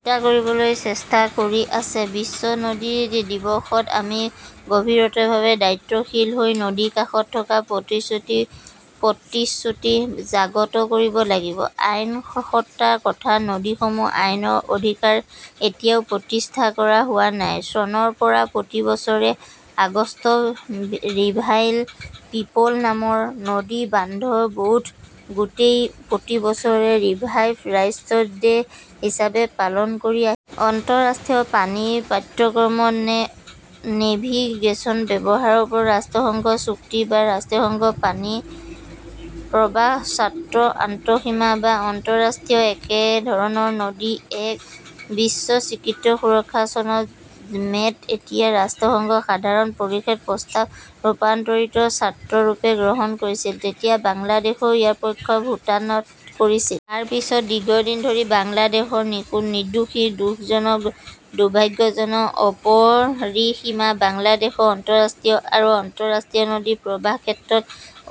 হত্যা কৰিবলৈ চেষ্টা কৰি আছে। বিশ্ব নদী দিৱসত, আমি গভীৰভাৱে দায়িত্বশীল হৈ নদীৰ কাষত থকাৰ প্ৰতিশ্ৰুতি, প্ৰতিশ্ৰুতি জাগ্ৰত কৰিব লাগিব। আইনী সত্তা থকা নদীসমূহৰ আইনী অধিকাৰ এতিয়াও প্ৰতিষ্ঠা কৰা হোৱা নাই। চনৰ পৰা প্ৰতি বছৰে আগষ্টত ৰিভাৰাইন পিপল নামৰ নদী-বান্ধৱী বৌদ্ধ গোটটোৱে প্ৰতি বছৰে ৰিভাৰ ৰাইটছ ডে হিচাপে পালন কৰি আহিছে। আন্তঃৰাষ্ট্ৰীয় পানী পাঠ্যক্ৰমৰ অ-নেভিগেচনাল ব্যৱহাৰৰ ওপৰত ৰাষ্ট্ৰসংঘৰ চুক্তি বা ৰাষ্ট্ৰসংঘৰ পানীৰ প্ৰৱাহ চাৰ্টাৰ, আন্তঃসীমান্ত বা আন্তঃৰাষ্ট্ৰীয়ভাৱে একেধৰণৰ নদীৰ এক বিশ্ব স্বীকৃত সুৰক্ষা। চনৰ মে’ত যেতিয়া ৰাষ্ট্ৰসংঘৰ সাধাৰণ পৰিষদে প্ৰস্তাৱৰ ৰূপত চাৰ্টাৰটো গ্ৰহণ কৰিছিল, তেতিয়া বাংলাদেশেও ইয়াৰ পক্ষত ভোটদান কৰিছিল। তাৰ পিছত দীৰ্ঘদিন ধৰি বাংলাদেশৰ নিৰ্দোষিতা দুখজনক, দুৰ্ভাগ্যজনক, অপৰিসীম। বাংলাদেশ আন্তঃৰাষ্ট্ৰীয় আৰু আন্তঃৰাষ্ট্ৰীয় নদীৰ প্ৰৱাহ ক্ষেত্ৰ।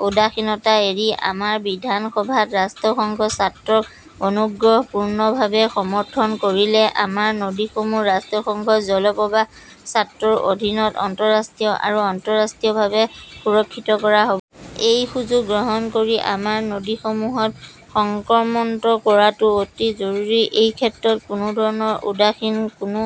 উদাসীনতাক এৰি আমাৰ বিধান সভাত ৰাষ্ট্ৰসংঘৰ চাৰ্টাৰক অনুগ্ৰহপূৰ্ণভাৱে সমৰ্থন কৰিলে আমাৰ নদীসমূহক ৰাষ্ট্ৰসংঘৰ জল প্ৰবাহ চাৰ্টাৰৰ অধীনত আন্তঃৰাষ্ট্ৰীয় আৰু আন্তঃৰাষ্ট্ৰীয়ভাৱে সুৰক্ষিত কৰা হ 'ব। এই সুযোগ গ্ৰহণ কৰি আমাৰ নদীসমূহক সংকটমুক্ত কৰাটো অতি জৰুৰী। এই ক্ষেত্ৰত কোনো ধৰণৰ উদাসীনতা কোনো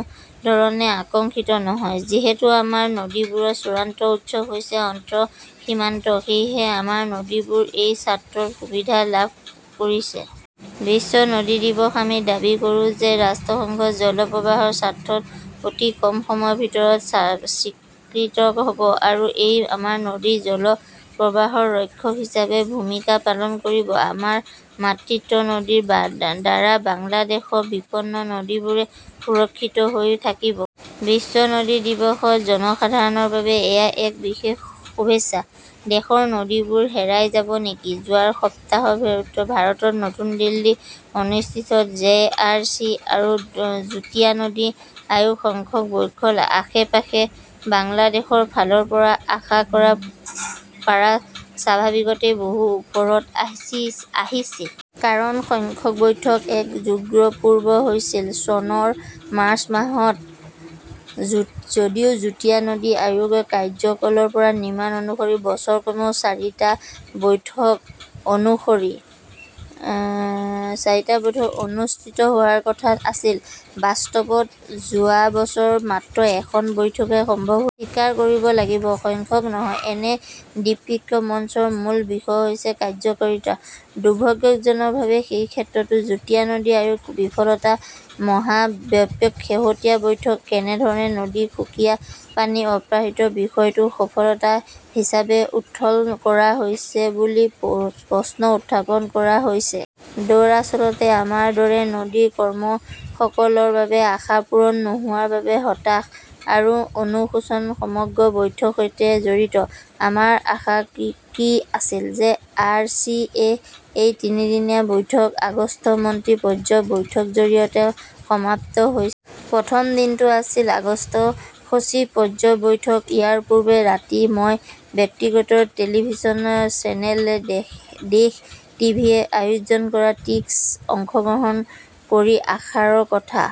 ধৰণে আকাংক্ষিত নহয়। যিহেতু আমাৰ নদীবোৰৰ চূড়ান্ত উৎস হৈছে আন্তঃসীমান্ত, সেয়েহে আমাৰ নদীবোৰে এই চাৰ্টাৰৰ সুবিধা লাভ কৰিছে। বিশ্ব নদী দিৱসত আমি দাবী কৰোঁ যে 'ৰাষ্ট্ৰসংঘৰ জল প্ৰবাহ চাৰ্টাৰ ' অতি কম সময়ৰ ভিতৰতে স্বাক্ষৰিত হ 'ব আৰু ই আমাৰ নদীৰ জল প্ৰবাহৰ ৰক্ষক হিচাপে ভূমিকা পালন কৰিব। আমাৰ মাতৃত্ব নদীৰ দ্বাৰা বাংলাদেশৰ বিপন্ন নদীবোৰ সুৰক্ষিত হৈ থাকিব। বিশ্ব নদী দিৱসত জনসাধাৰণৰ বাবে এয়া এক বিশেষ শুভেচ্ছা। দেশৰ নদীবোৰ হেৰাই যাব নেকি যোৱা সপ্তাহত ভাৰতৰ নতুন দিল্লীত অনুষ্ঠিত জে. আৰ. চি. আৰু যুটীয়া নদী আয়োগৰ সংখ্যক বৈঠকৰ আশে-পাশে বাংলাদেশৰ ফালৰ পৰা আশা কৰা পাৰা স্বাভাৱিকভাৱেই বহু ওপৰত আছিল। কাৰণ, সংখ্যক বৈঠক এক যুগ পূৰ্বে হৈছিল- চনৰ মাৰ্চ মাহত। যদিও যুটীয়া নদী আয়োগৰ কাৰ্য্যকলাপৰ নিয়ম অনুসৰি বছৰি কমেও চাৰিটা বৈঠক অনুষ্ঠিত হোৱাৰ কথা আছিল, বাস্তৱত যোৱা বছৰত মাত্ৰ খন বৈঠকহে সম্ভৱ হৈছে। স্বীকাৰ কৰিব লাগিব-সংখ্যা নহয়, এনে দ্বিপাক্ষিক মঞ্চৰ মূল বিষয় হৈছে কাৰ্য্যকৰীতা। দুৰ্ভাগ্যজনকভাৱে, সেই ক্ষেত্ৰতো যুটীয়া নদী আয়োগৰ বিফলতা মহাকাব্যিক। শেহতীয়া বৈঠকত একেধৰণৰ নদী কুশিয়াৰাৰ পানী প্ৰত্যাহাৰৰ বিষয়টোও সফলতা হিচাপে উত্থাপন কৰা হৈছে বুলি প্ৰশ্ন উত্থাপন কৰা হৈছে। দৰাচলতে, আমাৰ দৰে নদী কৰ্মীসকলৰ বাবে, আশা পূৰণ নোহোৱাৰ বাবে হতাশা আৰু অনুশোচনা সমগ্ৰ বৈঠকৰ সৈতে জড়িত। আমাৰ আশা কি আছিল জে. আৰ. চি. ৰ এই তিনিদিনীয়া বৈঠক আগষ্টত মন্ত্ৰী পৰ্যায়ৰ বৈঠকৰ জৰিয়তে সমাপ্ত হৈছিল। প্ৰথম দিনটো আছিল আগষ্টত সচিব পৰ্যায়ৰ বৈঠক। ইয়াৰ পূৰ্বে ৰাতি, মই ব্যক্তিগত টেলিভিছন চেনেল দেশ টিভিয়ে আয়োজন কৰা টক শ্ব "ত অংশগ্ৰহণ কৰি আশাৰ কথা